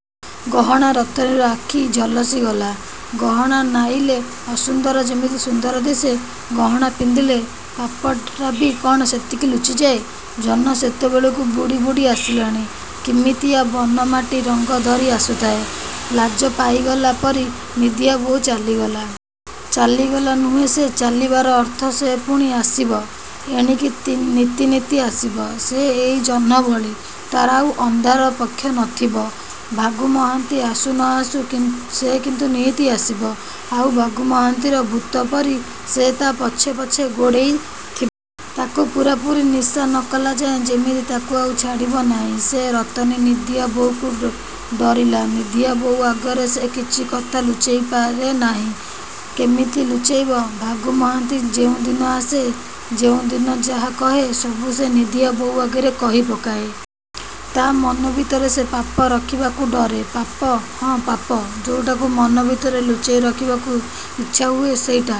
'' ଗହଣା? ରତନୀର ଆଖି ଝଲସି ଗଲା। ଗହଣା ନାଇଲେ ଅସୁନ୍ଦର ଯେମିତି ସୁନ୍ଦର ଦିଶେ, ଗହଣା ପିନ୍ଧିଲେ ପାପଟାବି କ'ଣ ସେତିକି ଲୁଚିଯାଏଁ? ଜହ୍ନ ସେତେବେଳକୁ ବୁଡ଼ି ବୁଡ଼ି ଆସିଲାଣି। କିମିତିଆ ବନମାଟି ରଙ୍ଗ ଧରି ଆସୁଥାଏ। ଲାଜପାଇଗଲା ପରି। ନିଧିଆ ବୋଉ ଚାଲିଗଲା। ଚାଲିଗଲା ନୁହେଁ ସେ ଚାଲିବାର ଅର୍ଥ ସେ ପୁଣି ଆସିବ ଏଣିକି ତି ନିତି ନିତି ଆସିବ ସେ ଏଇ ଜହ୍ନ ଭଳି। ତା'ର ଆଉ ଅନ୍ଧାର ପକ୍ଷ ନ ଥିବ। ଭାଗୁ ମହାନ୍ତି ଆସୁ ନ ଆସୁ କି ସେ କିନ୍ତୁ ନିଇତି ଆସିବ। ଆଉ ଭାଗୁ ମହାନ୍ତିର ଭୂତପରି ସେ ତା' ପଛେ ପଛେ ଗୋଡ଼େଇ ଥି। ତାକୁ ପୂରାପୂରି ନିଶା ନକଲା ଯାଏଁ ଯେମିତି ତାକୁ ଆଉ ଛାଡ଼ିବ ନାହିଁ ସେ। ରତନୀ ନିଧିଆ ବୋହୁକୁ ଡରିଲା। ନିଧିଆ ବୋଉ ଆଗରେ ସେ କିଛି କଥା ଲୁଚେଇ ପାରେ ନାହିଁ। କେମିତି ଲୁଚେଇବ? ଭାଗୁ ମହାନ୍ତି ଯେଉଁଦିନ ଆସେ, ଯେଉଁଦିନ ଯାହା କହେ, ସବୁ ସେ ନିଧିଆ ବୋଉ ଆଗରେ କହି ପକାଏ। ତା' ମନଭିତରେ ସେ ପାପ ରଖିବାକୁ ଡରେ। ପାପ? ହଁ ପାପ। ଯଉଟାକୁ ମନ ଭିତରେ ଲୁଚେଇ ରଖିବାକୁ ଇଚ୍ଛା ହୁଏ ସେଇଟା।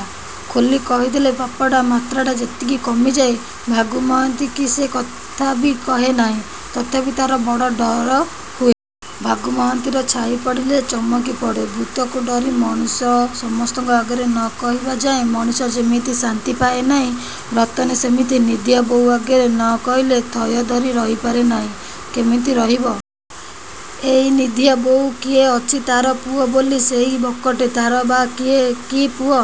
ଖୋଲି କହିଦେଲେ ପାପଟ ମାତ୍ରାଟା ଯେମିତି କମିଯାଏଁ। ଭାଗୁ ମହାନ୍ତି କି ସେ କଥାବି କହେ ନାହିଁ। ତଥାପି ତା'ର ବଡ଼ ଡର ହୁଏ। ଭାଗୁ ମହାନ୍ତିର ଛାଇ ପଡ଼ିଲେ ଚମକି ପଡ଼େ। ଭୂତକୁ ଡରି ମଣିଷ ସମସ୍ତଙ୍କ ଆଗରେ ନ କହିବା ଯାଏଁ। ମଣିଷ ଯେମିତି ଶାନ୍ତି ପାଏ ନାହିଁ, ରତନୀ ସେମିତି ନିଧିଆ ବୋଉ ଆଗେରେ ନ କହିଲେ ଥୟ ଧରି ରହିପାରେ ନାହିଁ। କେମିତି ରହିବ? ଏଇ ନିଧିଆ ବୋଉ କିଏ ଅଛି ତା'ର? ପୁଅ ବୋଲି ସେଇ ବକଟେ। ତା'ର ବା କିଏ କି ପୁଅ?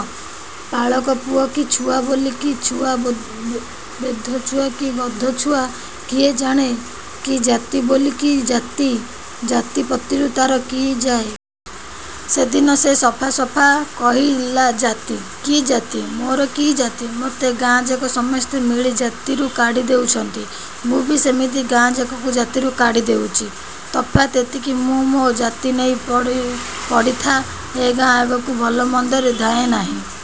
ପାଳକ ପୁଅ, କି ଛୁଆ ବୋଲି କି ଛୁଆ ବେଧ ଛୁଆ କି ଗଧଛୁଆ କିଏ ଜାଣେ। କି ଜାତି ବୋଲି କି ଜାତି। ଜାତି ପତିରୁ ତା'ର କି ଯାଏଁ। ସେଦିନ ସେ ସଫା ସଫା କହିଲା ଜାତି? କି ଜାତି? ମୋର କି ଜାତି? ମୋତେ ଗାଁଯାକ ସମସ୍ତେ ମିଳି ଜାତିରୁ କାଢ଼ି ଦେଉଛନ୍ତି। ମୁଁ ବି ସେମିତି ଗାଁଯାକକୁ ଜାତିରୁ କାଢ଼ି ଦେଉଚି। ତଫାତ ଏତିକି, ମୁଁ ମୋ ଜାତି ନେଇ ପଡ଼ିଥାଏ ପଡ଼ିଥା ଏଗାଁ ଆଗକୁ ଭଲମନ୍ଦରେ ଧାଏ ନାହିଁ ।